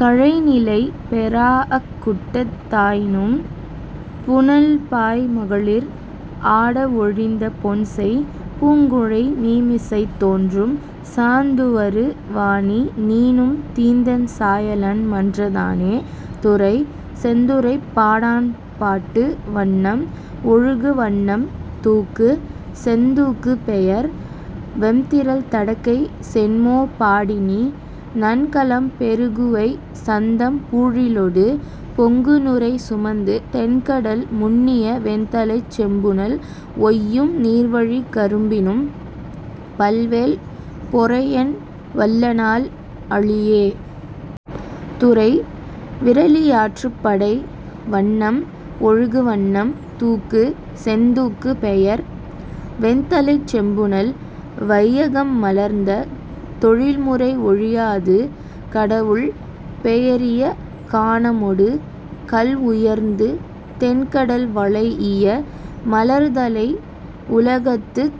கழைநிலை பெறாஅக் குட்டத் தாயினும் புனல்பாய் மகளிர் ஆட ஒழிந்த பொன்செய் பூங்குழை மீமிசைத் தோன்றும் சாந்துவரு வானி நீனும் தீந்தண் சாயலன் மன்ற தானே. துறை: செந்துறைப் பாடாண்பாட்டு வண்ணம்: ஒழுகுவண்ணம் தூக்கு: செந்தூக்கு பெயர்: வெம்திறல் தடக்கை சென்மோ பாடினி நன்கலம் பெறுகுவை சந்தம் பூழிலொடு பொங்குநுரை சுமந்து தெண்கடல் முன்னிய வெண்தலைச் செம்புனல் ஒய்யும் நீர்வழிக் கரும்பினும் பல்வேல் பொறையன் வல்லனால் அளியே. துறை: விறலியாற்றுப்படை வண்ணம்: ஒழுகுவண்ணம் தூக்கு: செந்தூக்கு பெயர்: வெண்தலைச் செம்புனல் வையகம் மலர்ந்த தொழில்முறை ஒழியாது கடவுள் பெயரிய கானமொடு கல்உயர்ந்து தெண்கடல் வளைஇய மலர்தலை உலகத்துத்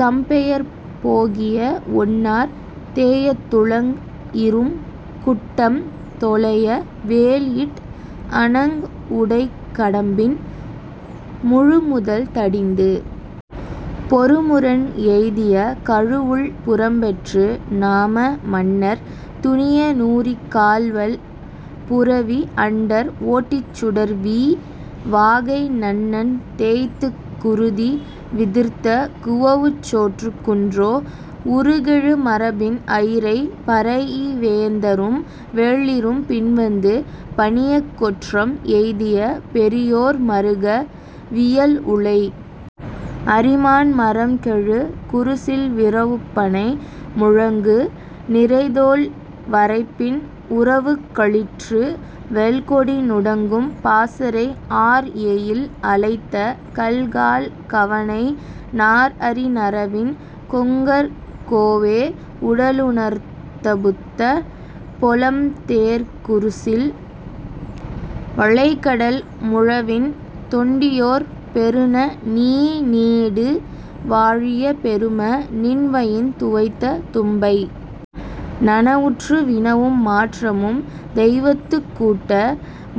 தம்பெயர் போகிய ஒன்னார் தேயத் துளங்இரும் குட்டம் தொலைய வேல்இட் அணங்உடைக் கடம்பின் முழுமுதல் தடிந்து பொருமுரண் எய்திய கழுவுள் புறம்பெற்று நாம மன்னர் துணிய நூறிக் கால்வல் புரவி அண்டர் ஓட்டிச் சுடர்வீ வாகை நன்னன் தேய்த்துக் குருதி விதிர்த்த குவவுச்சோற்றுக் குன்றோ உருகெழு மரபின் அயிரை பரைஇ வேந்தரும் வேளிரும் பின்வந்து பணியக் கொற்றம் எய்திய பெரியோர் மருக வியல்உளை அரிமான் மறம்கெழு குருசில் விரவுப்பணை முழங்கு நிரைதோல் வரைப்பின் உரவுக்களிற்று வெல்கொடி நுடங்கும் பாசறை ஆர்எயில் அலைத்த கல்கால் கவணை நார்அரி நறவின் கொங்கர் கோவே உடலுநர்த் தபுத்த பொலம்தேர்க் குருசில் வளைகடல் முழவின் தொண்டியோர் பொருந நீநீடு வாழிய பெரும நின்வயின் துவைத்த தும்பை நனவுற்று வினவும் மாற்றரும் தெய்வத்துக் கூட்ட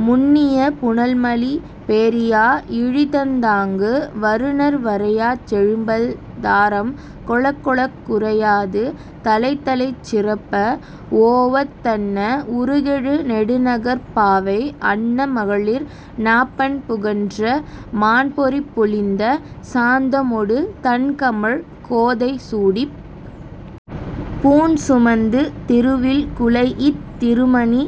முன்னிய புனல்மலி பேரியா இழிதந் தாங்கு வருநர் வரையாச் செழும்பல் தாரம் கொளக்கொளக் குறையாது தலைத்தலைச் சிறப்ப ஓவத் தன்ன உருகெழு நெடுநகர்ப் பாவை அன்ன மகளிர் நாப்பண் புகன்ற மாண்பொறிப் பொலிந்த சாந்தமொடு தண்கமழ் கோதை சூடிப் பூண்சுமந்து திருவில் குலைஇத் திருமணி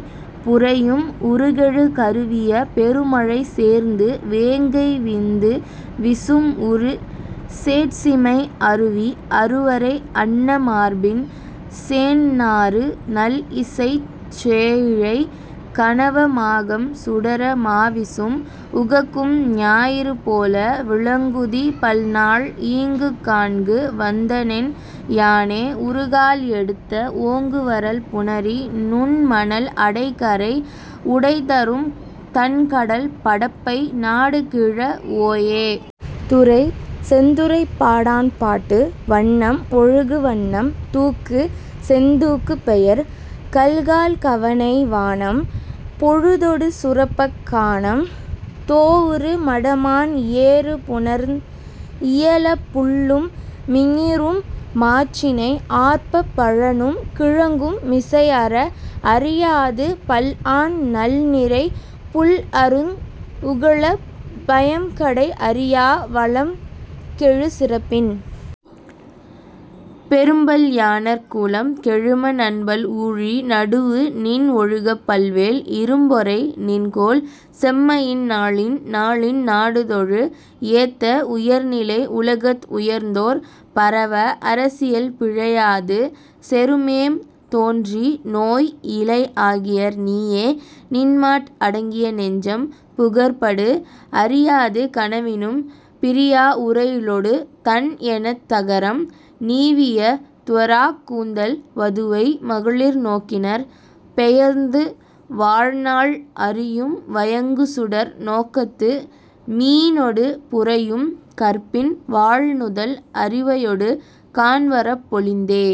புரையும் உருகெழு கருவிய பெருமழை சேர்ந்து வேங்கை விந்து விசும்உறு சேட்சிமை அருவி அருவரை அன்ன மார்பின் சேண்நாறு நல்இசைச் சேயிழை கணவ மாகம் சுடர மாவிசும் உகக்கும் ஞாயிறு போல விளங்குதி பல்நாள் ஈங்குக் காண்கு வந்தனென் யானே உறுகால் எடுத்த ஓங்குவரல் புணரி நுண்மணல் அடைகரை உடைதரும் தண்கடல் படப்பை நாடுகிழ வோயே. துறை: செந்துறைப்பாடாண்பாட்டு வண்ணம்: ஒழுகுவண்ணம் தூக்கு: செந்தூக்கு பெயர்: கல்கால் கவணை வானம் பொழுதொடு சுரப்பக் கானம் தோஉறு மடமான் ஏறுபுணர்ந் இயலப் புள்ளும் மிஞிறும் மாச்சினை ஆர்ப்பப் பழனும் கிழங்கும் மிசைஅற அறியாது பல்ஆன் நல்நிரை புல்அருந் உகளப் பயம்கடை அறியா வளம்கெழு சிறப்பின் பெரும்பல் யாணர்க் கூலம் கெழும நன்பல் ஊழி நடுவுநின் ஒழுகப் பல்வேல் இரும்பொறை நின்கோல் செம்மையின் நாளின் நாளின் நாடுதொழு ஏத்த உயர்நிலை உலகத் உயர்ந்தோர் பரவ அரசியல் பிழையாது செருமேம் தோன்றி நோய்இலை ஆகியர் நீயே நின்மாட் அடங்கிய நெஞ்சம் புகர்படு அறியாது கனவினும் பிரியா உறையுளொடு தண்எனத் தகரம் நீவிய துவராக் கூந்தல் வதுவை மகளிர் நோக்கினர் பெயர்ந்து வாழ்நாள் அறியும் வயங்குசுடர் நோக்கத்து மீனொடு புரையும் கற்பின் வாள்நுதல் அரிவையொடு காண்வரப் பொலிந்தே.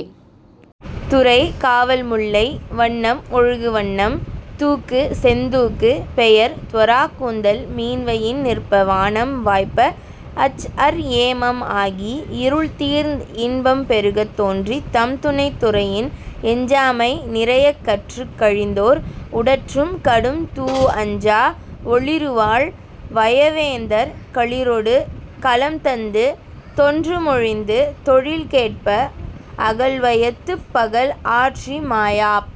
துறை: காவல்முல்லை வண்ணம்: ஒழுகுவண்ணம் தூக்கு: செந்தூக்கு பெயர்: துவராக் கூந்தல் மீன்வயின் நிற்ப வானம் வாய்ப்ப அச்அற் ஏமம் ஆகி இருள்தீர்ந் இன்பம் பெருகத் தோன்றித் தம்துணைத் துறையின் எஞ்சாமை நிறையக் கற்றுக் கழிந்தோர் உடற்றும் கடும்தூ அஞ்சா ஒளிறுவாள் வயவேந்தர் களிறொடு கலம்தந்து தொன்றுமொழிந்து தொழில்கேட்ப அகல்வையத்துப் பகல்ஆற்றி மாயாப்